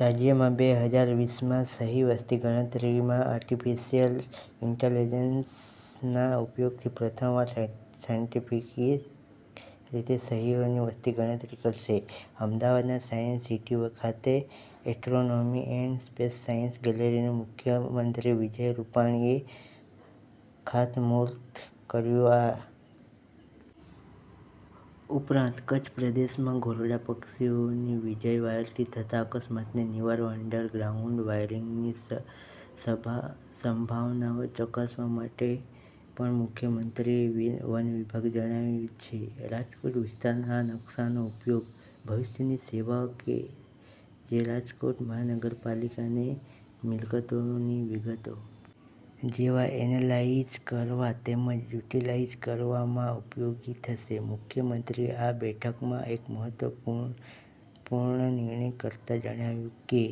રાજ્યમાં બે હજાર વીસ માં સિંહ વસ્તી ગણતરીમાં આર્ટીફીશીયલ ઈન્ટેલીજન્સના ઉપયોગથી પ્રથમવાર સાયન્ટીફિક રીતે સિંહોની વસ્તી ગણતરી કરાશે અમદાવાદના સાયન્સ સીટી ખાતે એસ્ટ્રોનોમી એન્ડ સ્પેસ સાયન્સ ગેલેરીનું મુખ્યમંત્રી વિજય રૂપાણીએ ખાતમુહૂર્ત કર્યું આ ઉપરાંત કચ્છ પ્રદેશમાં ધોરાડ પક્ષીઓને વીજવાયરથી થતા અકસ્માતને નિવારવા અંડર ગ્રાઉન્ડ વાયરીંગની સંભાવનાઓ ચકાસવા માટે પણ મુખ્યમંત્રીએ વનવિભાગને જણાવ્યું છે રાજકોટ વિસ્તારના આ નકશાનો ઉપયોગ ભવિષ્યની સેવાઓ કે જે રાજકોટ મહાનગરપાલિકાને મિલકતોની વિગતો જોવા એનલાઈઝ કરવા તેમજ યુટીલાઈઝ કરવામાં ઉપયોગી થશે મુખ્યમંત્રીએ આ બેઠકમાં એક મહત્વપૂર્ણ નિર્ણય કરતા જણાવ્યું કે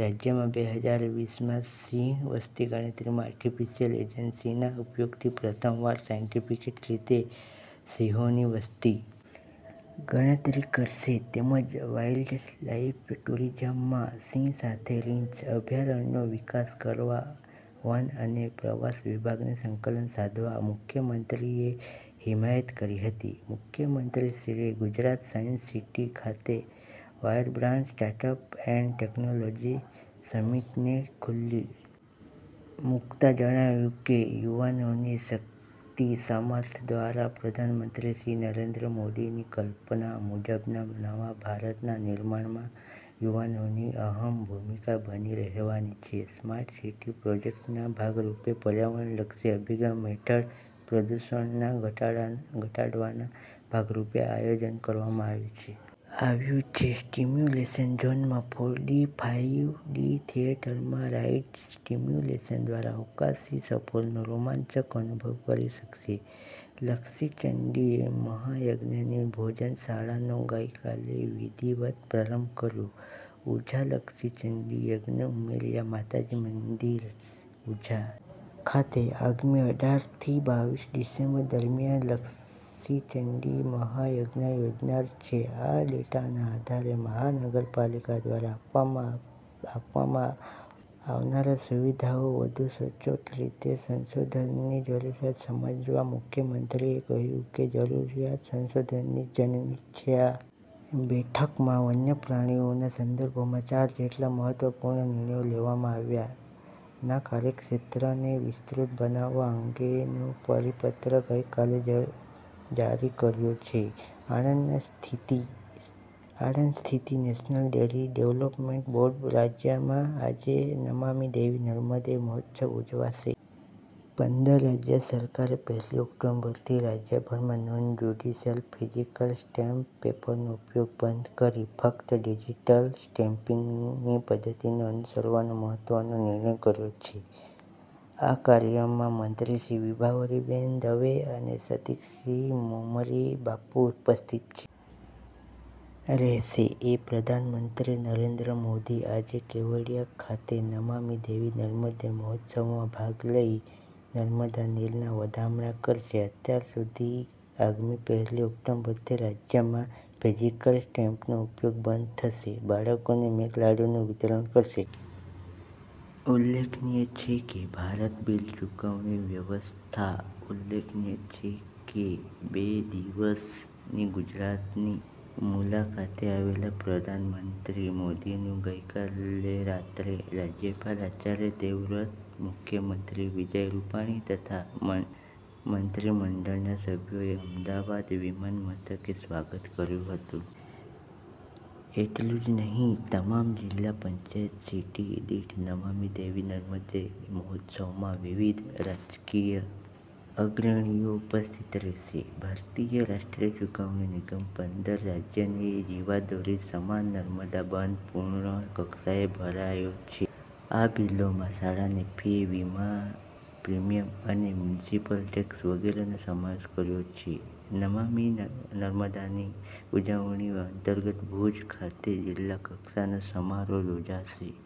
રાજ્યમાં બે હજાર વીસ માં સિંહ વસ્તી ગણતરીમાં આર્ટીફીશીયલ ઈન્ટેલીજન્સના ઉપયોગથી પ્રથમવાર સાયન્ટીફિક રીતે સિંહોની વસ્તી ગણતરી કરાશે તેમજ વાઈલ્ડ લાઈફ ટુરિઝમમાં સિંહ સાથે રીંછ અભ્યારણ્યનો વિકાસ કરવા વન અને પ્રવાસન વિભાગને સંકલન સાધવા મુખ્યમંત્રીએ હિમાયત કરી હતી મુખ્યમંત્રીશ્રીએ ગુજરાત સાયન્સ સીટી ખાતે વાયબ્રન્ટ સ્ટાર્ટઅપ એન્ડ ટેકનોલોજી સમિટને ખુલ્લી મુકતા જણાવ્યું કે યુવાનોની શક્તિસામર્થ્ય દ્વારા પ્રધાનમંત્રી શ્રી નરેન્દ્ર મોદીની કલ્પના મુજબના નવા ભારતના નિર્માણમાં યુવાનોની અહમ ભૂમિકા બની રહેવાની છે સ્માર્ટસીટી પ્રોજેક્ટના ભાગરૂપે પર્યાવરણલક્ષી અભિગમ હેઠળ પ્રદૂષણ ધટાડવના ભાગરૂપે આ આયોજન કરવામાં આવ્યું છે સ્ટીમ્યુલેશન ઝોનમાં ફોર ડી ફાઈવ ડી થિયેટરમાં રાઈડ સ્ટીમ્યુલેશન દ્વારા અવકાશી સફરનો રોમાંચક અનુભવ કરી શકાશે લક્ષચંડી મહાયજ્ઞની ભોજનશાળાનો ગઇકાલે વિધિવત પ્રારંભ કરાયો છે ઉંઝા લક્ષચંડી યજ્ઞ ઉમિયા માતાજી મંદિર ઉંઝા ખાતે આગામી અઢાર થી બાવીસ ડિસેમ્બર દરમિયાન લક્ષચંડી મહાયજ્ઞ યોજાનાર છે આ ડેટાના આધારે મહાનગરપાલિકા દ્વારા આપવામાં આવનાર સુવિધાઓ વધુ સચોટ રીતે શોધસંશોધનની જરૂરીયાત સમજાવતા મુખ્યમંત્રીએ કહ્યું કે જરૂરિયાત સંશોધનની જનની છે આ બેઠકમાં વન્ય પ્રાણીઓના સંદર્ભમાં ચાર જેટલા મહત્વપૂર્ણ નિર્ણયો લેવામાં આવ્યા ના કાર્યક્ષેત્રને વિસ્તૃત બનાવવા અંગેનો પરિપત્ર ગઇકાલે જારી કર્યો છે આણંદ સ્થિત નેશનલ ડેરી ડેવલપમેન્ટ બોર્ડ રાજ્યભરમાં આજે નમામિ દેવી નર્મદે મહોત્સવ ઉજવાશે પંદર રાજ્ય સરકારે પહેલી ઓક્ટોબરથી રાજ્યભરમાં નોન જ્યુડીશ્યલ ફીઝીકલ સ્ટેમ્પ પેપરના ઉપયોગને બંધ કરી ફક્ત ડિઝીટલ સ્ટેમ્પીંગની પદ્ધતિને અનુસરવાનો મહત્વનો નિર્ણય કર્યો છે આ કાર્યક્રમમાં મંત્રીશ્રી વિભાવરીબેન દવે અને સંતશ્રી મોરારી બાપુ ઉપસ્થિત રહેશે એ પ્રધાનમંત્રી નરેન્દ્ર મોદી આજે કેવડીયા ખાતે નમામિ દેવી નર્મદે મહોત્સવમાં ભાગ લઈ નર્મદા નીરના વધામણા કરશે અત્યાર સુધી આગામી પહેલી ઓક્ટોબરથી રાજ્યભરમાં ફિઝીકલ સ્ટેમ્પનો ઉપયોગ બંધ થશે બાળકોને મેઘલાડુનું વિતરણ કરાશે ઉલ્લેખનીય છે કે ભારત બીલ ચુકવણી વ્યવસ્થા ઉલ્લેખનીય છે કે બે દિવસની ગુજરાતની મુલાકાતે આવેલા પ્રધાનમંત્રી મોદીનું ગઈકાલે રાત્રે રાજયપાલ આચાર્ય દેવવ્રત મુખ્યમંત્રી વિજય રૂપાણી તથા મંત્રીમંડળના સભ્યોએ અમદાવાદ વિમાનમથકે સ્વાગત કર્યું હતું એટલું જ નહી તમામ જિલ્લા પંચાયત સીટ દીઠ નમામિ દેવી નર્મદે મહોત્સવમાં વિવિધ રાજકીય અગ્રણીઓ ઉપસ્થિત રહેશે ભારતીય રાષ્ટ્રીય ચુકવણી નિગમ પંદર રાજયની જીવાદોરી સમાન નર્મદા બંધ પૂર્ણ કક્ષાએ ભરાયો છે આ બીલોમાં શાળાની ફી વીમા પ્રિમીયમ અને મ્યુનીસીપલ ટેક્સ વગેરેનો સમાવેશ કરાયો છે નમામિ નર્મદની ઉજવણી અંતર્ગત ભૂજ ખાતે જિલ્લાકક્ષાનો સમારોહ યોજાશે।